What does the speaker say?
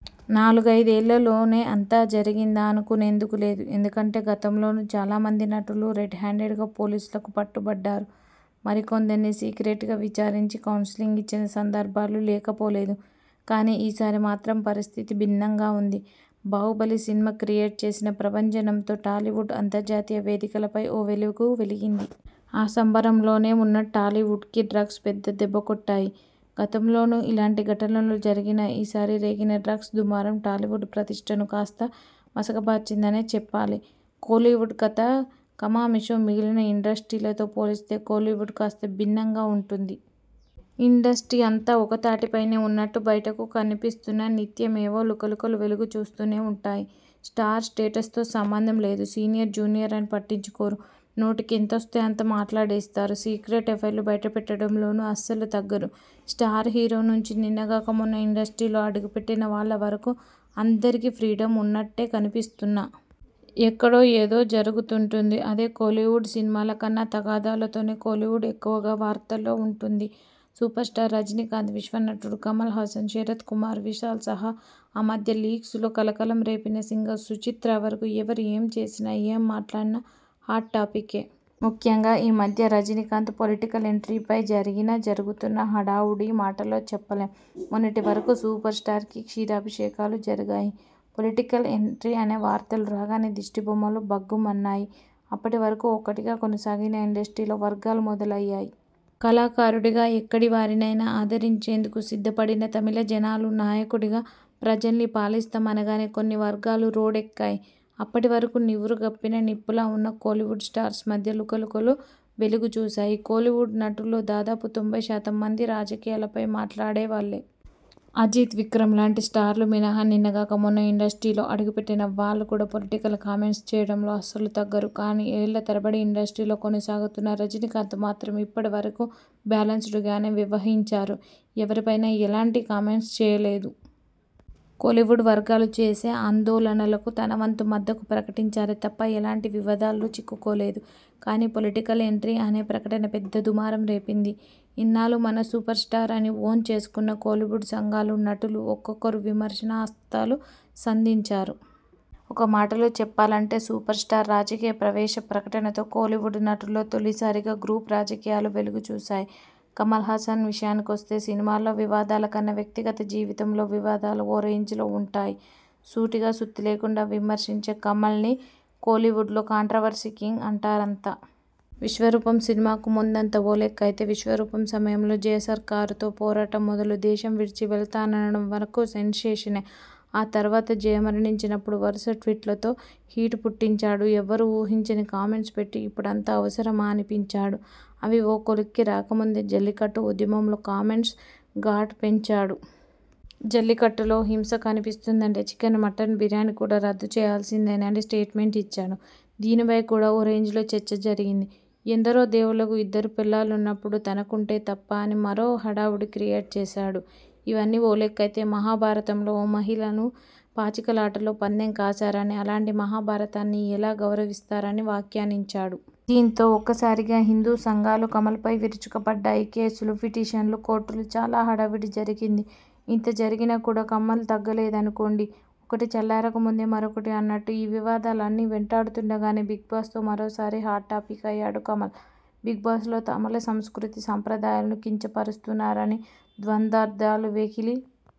నాలుగైదేళ్ల లోనే అంతా జరిగిందా అనుకునేందుకు లేదు. ఎందుకంటే గతంలోనూ చాలామంది నటులు రెడ్ హ్యాండెడ్గా పోలీసులకు పట్టుబడ్డారు. మరికొందర్ని సీక్రెట్గా విచారించి కౌన్సిలింగ్ ఇచ్చిన సందర్భాలూ లేకపోలేదు. కానీ ఈ సారి మాత్రం పరిస్థితి భిన్నంగా ఉంది. బాహుబలి సినిమా క్రియేట్ చేసిన ప్రభంజనంతో టాలీవుడ్ అంతర్జాతీయ వేదికలపై ఓ వెలుగు వెలిగింది. ఆ సంబరం లోనే ఉన్న టాలీవుడ్కి డ్రగ్స్ పెద్ద దెబ్బే కొట్టాయి. గతంలోనూ ఇలాంటి ఘటనలు జరిగినా ఈ సారి రేగిన డ్రగ్స్ దుమారం టాలీవుడ్ ప్రతిష్టను కాస్త మసక బార్చిందనే చెప్పాలి. కోలీవుడ్ కథా కమామిషు మిగిలిన ఇండస్ట్రీలతో పోలిస్తే కోలీవుడ్ కాస్త భిన్నంగా ఉంటుంది. ఇండస్ట్రీ అంతా ఒక్కతాటి పైనే ఉన్నట్టు బయటకు కనిపిస్తున్నా నిత్యం ఏవో లుకలుకలు వెలుగు చూస్తూనే ఉంటాయి. స్టార్ స్టేటస్తో సంబంధం లేదు. సీనియర్-జూనియర్ అని పట్టించుకోరు. నోటికెంతొస్తే అంతా మాట్లాడేస్తారు. సీక్రెట్ ఎఫైర్లు బయట పెట్టడంలోనూ అస్సలు తగ్గరు. స్టార్ హీరో నుంచి నిన్న గాక మొన్న ఇండస్ట్రీలో అడుగు పెట్టిన వాళ్ల వరకూ అందరికీ ఫ్రీడమ్ ఉన్నట్టే కనిపిస్తున్నా.. ఎక్కడో ఏదో జరుగుతుంటుంది అదే కోలీవుడ్. సినిమాల కన్నా తగాదాలతోనే కోలీవుడ్ ఎక్కువగా వార్తల్లో ఉంటుంది. సూపర్ స్టార్ రజినీకాంత్, విశ్వనటుడు కమల్ హాసన్, శరత్ కుమార్, విశాల్ సహా ఆ మధ్య లీక్స్ లో కలకలం రేపిన సింగర్ సుచిత్ర వరకూ ఎవరు ఏం చేసినా, ఏం మాట్లాడినా హాట్ టాపిక్కే! ముఖ్యంగా ఈ మధ్య రజినీకాంత్ పొలిటికల్ ఎంట్రీ పై జరిగిన, జరుగుతున్న హడావుడి మాటల్లో చెప్పలేం. మొన్నటి వరకూ సూపర్ స్టార్కి క్షీరాభిషేకాలు జరిగాయ్. పొలిటికల్ ఎంట్రీ అనే వార్తలు రాగానే దిష్టి బొమ్మలు భగ్గుమన్నాయ్. అప్పటి వరకూ ఒక్కటిగా కొనసాగిన ఇండస్ట్రీలో వర్గాలు మొదలయ్యాయి. కళాకారుడిగా ఎక్కడి వారినైనా ఆదిరించేందుకు సిద్ధపడిన తమిళజనాలు, నాయకుడిగా ప్రజల్ని పాలిస్తాం అనగానే కొన్ని వర్గాలు రోడ్డెక్కాయ్. అప్పటి వరకూ నివురు గప్పిన నిప్పులా ఉన్న కోలీవుడ్ స్టార్స్ మధ్య లుకలుకలు వెలుగుచూశాయి. కోలీవుడ్ నటుల్లో దాదాపు తొంభై శాతం మంది రాజకీయాలపై మాట్లాడే వాళ్లే. అజిత్, విక్రమ్ లాంటి స్టార్లు మినహా నిన్న గాక మొన్న ఇండస్ట్రీలో అడుగుపెట్టిన వాళ్లు కూడా పొలిటికల్ కామెంట్స్ చేయడంలో అస్సలు తగ్గరు. కానీ ఏళ్ల తరబడి ఇండస్ట్రీలో కొనసాగుతున్న రజినీకాంత్ మాత్రం ఇప్పటి వరకూ బ్యాలెన్సెడ్ గానే వ్యవహించారు. ఎవ్వరి పైనా ఎలాంటి కామెంట్స్ చేయలేదు. కోలీవుడ్ వర్గాలు చేసే ఆందోళనలకు తన వంతు మద్దకు ప్రకటించారే తప్ప ఎలాంటి వివాదాల్లో చిక్కుకోలేదు. కానీ పొలిటికల్ ఎంట్రీ అనే ప్రకటన పెద్ద దుమారం రేపింది. ఇన్నాళ్లూ మన సూపర్ స్టార్ అని ఓన్ చేసుకున్న కోలీవుడ్ సంఘాలు, నటులు ఒక్కొక్కరు విమర్శన అస్త్రాలు సంధించారు. ఒక్కమాటలో చెప్పాలంటే సూపర్ స్టార్ రాజకీయ ప్రవేశ ప్రకటనతో కోలీవుడ్ నటుల్లో తొలిసారిగా గ్రూప్ రాజకీయాలు వెలుగు చూశాయి. కమల్ హాసన్ విషయానికొస్తే సినిమాల్లో వివాదాల కన్నా వ్యక్తిగత జీవితంలో వివాదాలు ఓ రేంజ్లో ఉంటాయి. సూటిగా సుత్తిలేకుండా విమర్శించే కమల్ని కోలీవుడ్లో కాంట్రవర్సీ కింగ్ అంటారంతా. విశ్వరూపం సినిమాకు ముందంతా ఓ లెక్క అయితే విశ్వరూపం సమయంలో జయ సర్కార్తో పోరాటం మొదలు దేశం విడిచి వెళతాననడం వరకూ సెన్షేషనే. ఆ తర్వాత జయ మరణించినప్పుడు వరుస ట్వీట్లతో హీట్ పుట్టించాడు. ఎవ్వరూ ఊహించని కామెంట్స్ పెట్టి ఇప్పుడంత అవసరమా అనిపించాడు. అవి ఓ కొలిక్కి రాకముందే జల్లికట్టు ఉద్యమంలో కామెంట్స్ ఘాట్ పెంచాడు. జల్లికట్టులో హింస కనిపిస్తుందంటే చికెన్, మటన్ బిర్యానీ కూడా రద్దు చేయాల్సిందేనని స్టేట్మెంట్ ఇచ్చాడు. దీనిపై కూడా ఓ రేంజ్లో చర్చ జరిగింది. ఎందరో దేవుళ్లకు ఇద్దరు పెళ్లాలున్నప్పుడు తనకుంటే తప్పా? అని మరో హడావుడి క్రియేట్ చేశాడు. ఇవన్నీ ఓ లెక్కైతే మహాభారతంలో ఓ మహిళను పాచికలాటలో పందెం కాశారని, అలాంటి మహాభారతాన్ని ఎలా గౌరవిస్తారని వ్యాఖ్యానించాడు. దీనితో ఒక్కసారిగా హిందూ సంఘాలు కమల్ పై విరుచుకు పడ్డాయి. కేసులు, పిటిషన్లు, కోర్టులు చాలా హడావుడి జరిగింది. ఇంత జరిగినా కూడా కమల్ తగ్గలేదనుకోండి! ఒకటి చల్లారక ముందే మరొకటి అన్నట్టు ఈ వివాదాలన్నీ వెంటాడుతుండగానే బిగ్ బాస్ తో మరోసారి హాట్ టాపిక్ అయ్యాడు కమల్. బిగ్ బాస్ లో తమిళ సంస్కృతి, సంప్రదాయాలను కించపరుస్తున్నారని, ద్వంద్వార్థాలు, వెకిలి